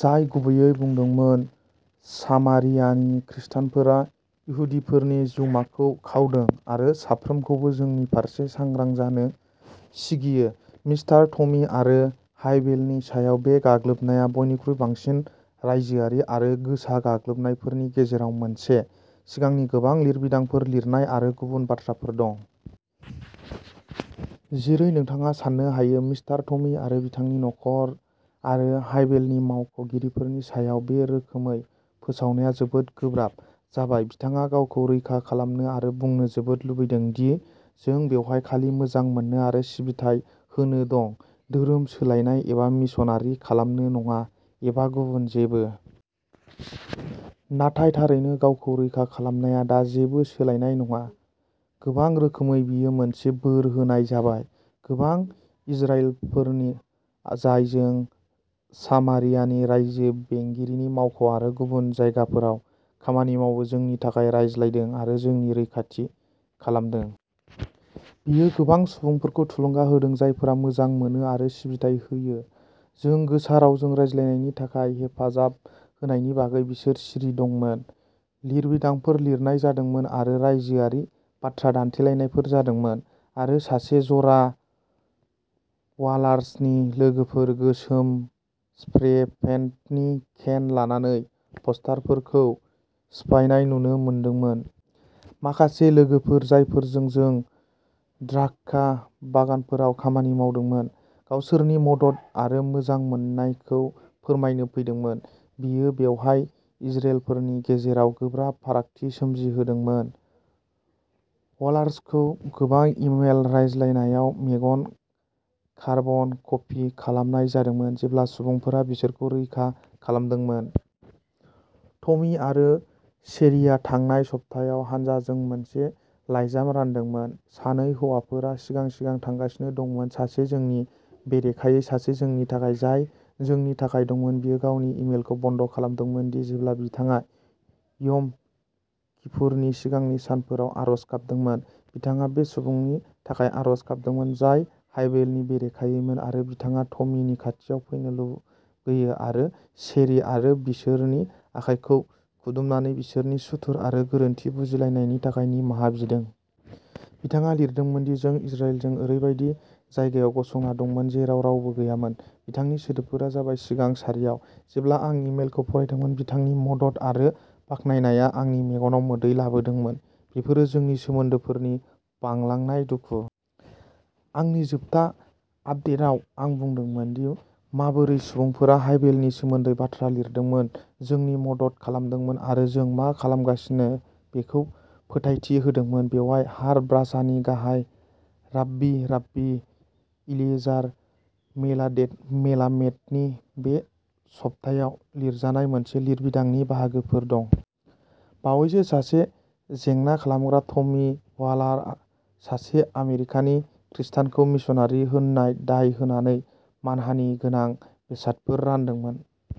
जाय गुबैयै बुंदोंमोन, "सामारियानि खृस्टानफोरा इहुदिफोरनि जिउमाखौ खावदों" आरो साफ्रोमखौबो जोंनि फारसे सांग्रां जानो सिगियो। मिस्टार टमी आरो हायभेलनि सायाव बे गाग्लोबनाया बयनिख्रुइ बांसिन रायजोआरि आरो "गोसा" गाग्लोबनायफोरनि गेजेराव मोनसे। सिगांनि गोबां लिरबिदांफोर लिरनाय आरो गुबुन बाथ्राफोर दं। जेरै नोंथाङा सान्नो हायो, मिस्टार टमी आरो बिथांनि न'खर आरो हायभेलनि मावख' गिरिफोरनि सायाव बे रोखोमै फोसावनाया जोबोद गोब्राब जाबाय। बिथाङा गावखौ रैखा खालामनो आरो बुंनो जोबोद लुबैदों दि जों बेवहाय खालि मोजां मोननो आरो सिबिथाइ होनो दं "धोरोम सोलायनाय" एबा मिशनारि खालामनो नङा, एबा गुबुन जेबो। नाथाय थारैनो, गावखौ रैखा खालामनाया दा जेबो सोलायनाय नङा। गोबां रोखोमै, बेयो मोनसे बोर होनाय जाबाय। गोबां इजरायलीफोर जाय जों सामारियानि रायजो बेंगिरिनि मावख' आरो गुबुन जायगाफोराव खामानि मावो, जोंनि थाखाय रायज्लायदों आरो जोंनि रैखाथि खालामदों। बेयो गोबां सुबुंफोरखौ थुलुंगा होदों जायफोरा मोजां मोनो आरो सिबिथाइ होयो। जों गोसा रावजों रायज्लायनायनि थाखाय हेफाजाब होनायनि बागै बिसोर सिरि दंमोन। लिरबिदांफोर लिरनाय जादोंमोन, आरो रायजोआरि बाथ्रा दान्थेलायनायफोर जादोंमोन, आरो सासे जरा वालार्सनि लोगोफोर गोसोम स्प्रे पेन्टनि केन लानानै पस्टारफोरखौ सिफायनाय नुनो मोनदोंमोन। माखासे लोगोफोर, जायफोरजों जों द्राक्षा बागानफोराव खामानि मावदोंमोन, गावसोरनि मदद आरो मोजां मोननायखौ फोरमायनो फैदोंमोन। बेयो बेवहाय इजरेलफोरनि गेजेराव गोब्राब फारागथि सोमजिहोदोंमोन। वालार्सखौ गोबां इमेल रायज्लायनायाव "मेगन कार्बन कपि" खालामनाय जादोंमोन, जेब्ला सुबुंफोरा बिसोरखौ रैखा खालामदोंमोन। टमी आरो शेरिआ थांनाय सप्तायाव हानजाजों मोनसे लाइजाम रानदोंमोन। सानै हौवाफोरा सिगां सिगां थांगासिनो दंमोन सासे जोंनि बेरेखायै, सासे जोंनि थाखाय। जाय जोंनि थाखाय दंमोन, बियो गावनि इमेलखौ बन्द' खालामदोंमोन दि जेब्ला बिथाङा यम किपुरनि सिगांनि सानफोराव आरज गाबदोंमोन, बिथाङा बे सुबुंनि थाखाय आरज गाबदोंमोन जाय हायभेलनि बेरेखायैमोन, आरो बिथाङा टमीनि खाथियाव फैनो लुगैयो आरो शेरी आरो बिसोरनि आखाइखौ खुदुमनानै बिसोरनि सुथुर आरो गोरोन्थि बुजिलायनायनि थाखाय निमाहा बिदों। बिथाङा लिरदोंमोन दि जों इजराइलजों ओरैबायदि जायगायाव गसंना दंमोन जेराव रावबो गैयामोन। बिथांनि सोदोबफोरा जाबाय, "सिगां सारियाव।" जेब्ला आं इमेलखौ फरायदोंमोन, बिथांनि मदद आरो बाख्नायनाया आंनि मेगनाव मोदै लाबोदोंमोन। बेफोरो जोंनि सोमोन्दोफोरनि "बांलांनाय दुखु"। आंनि जोबथा आपदेटआव आं बुंदोंमोन दि माबोरै सुबुंफोरा हायभेलनि सोमोन्दै बाथ्रा लिरदोंमोन, जोंनि मदद खालामदोंमोन आरो जों मा खालामगासिनो बेखौ फोथायथि होदोंमोन। बेयाव हार ब्राचानि गाहाय राब्बी राब्बी एलिएजार मेलामेडनि बे सप्तायाव लिरजानाय मोनसे लिरबिदांनि बाहागोफोर दं। बावैसो, सासे जेंना खालामग्राआ टमी वालार, सासे आमेरिकानि खृस्टान, खौ मिशनारि होनना दाय होनानै मानहानि गोनां बेसादफोर रानदोंमोन।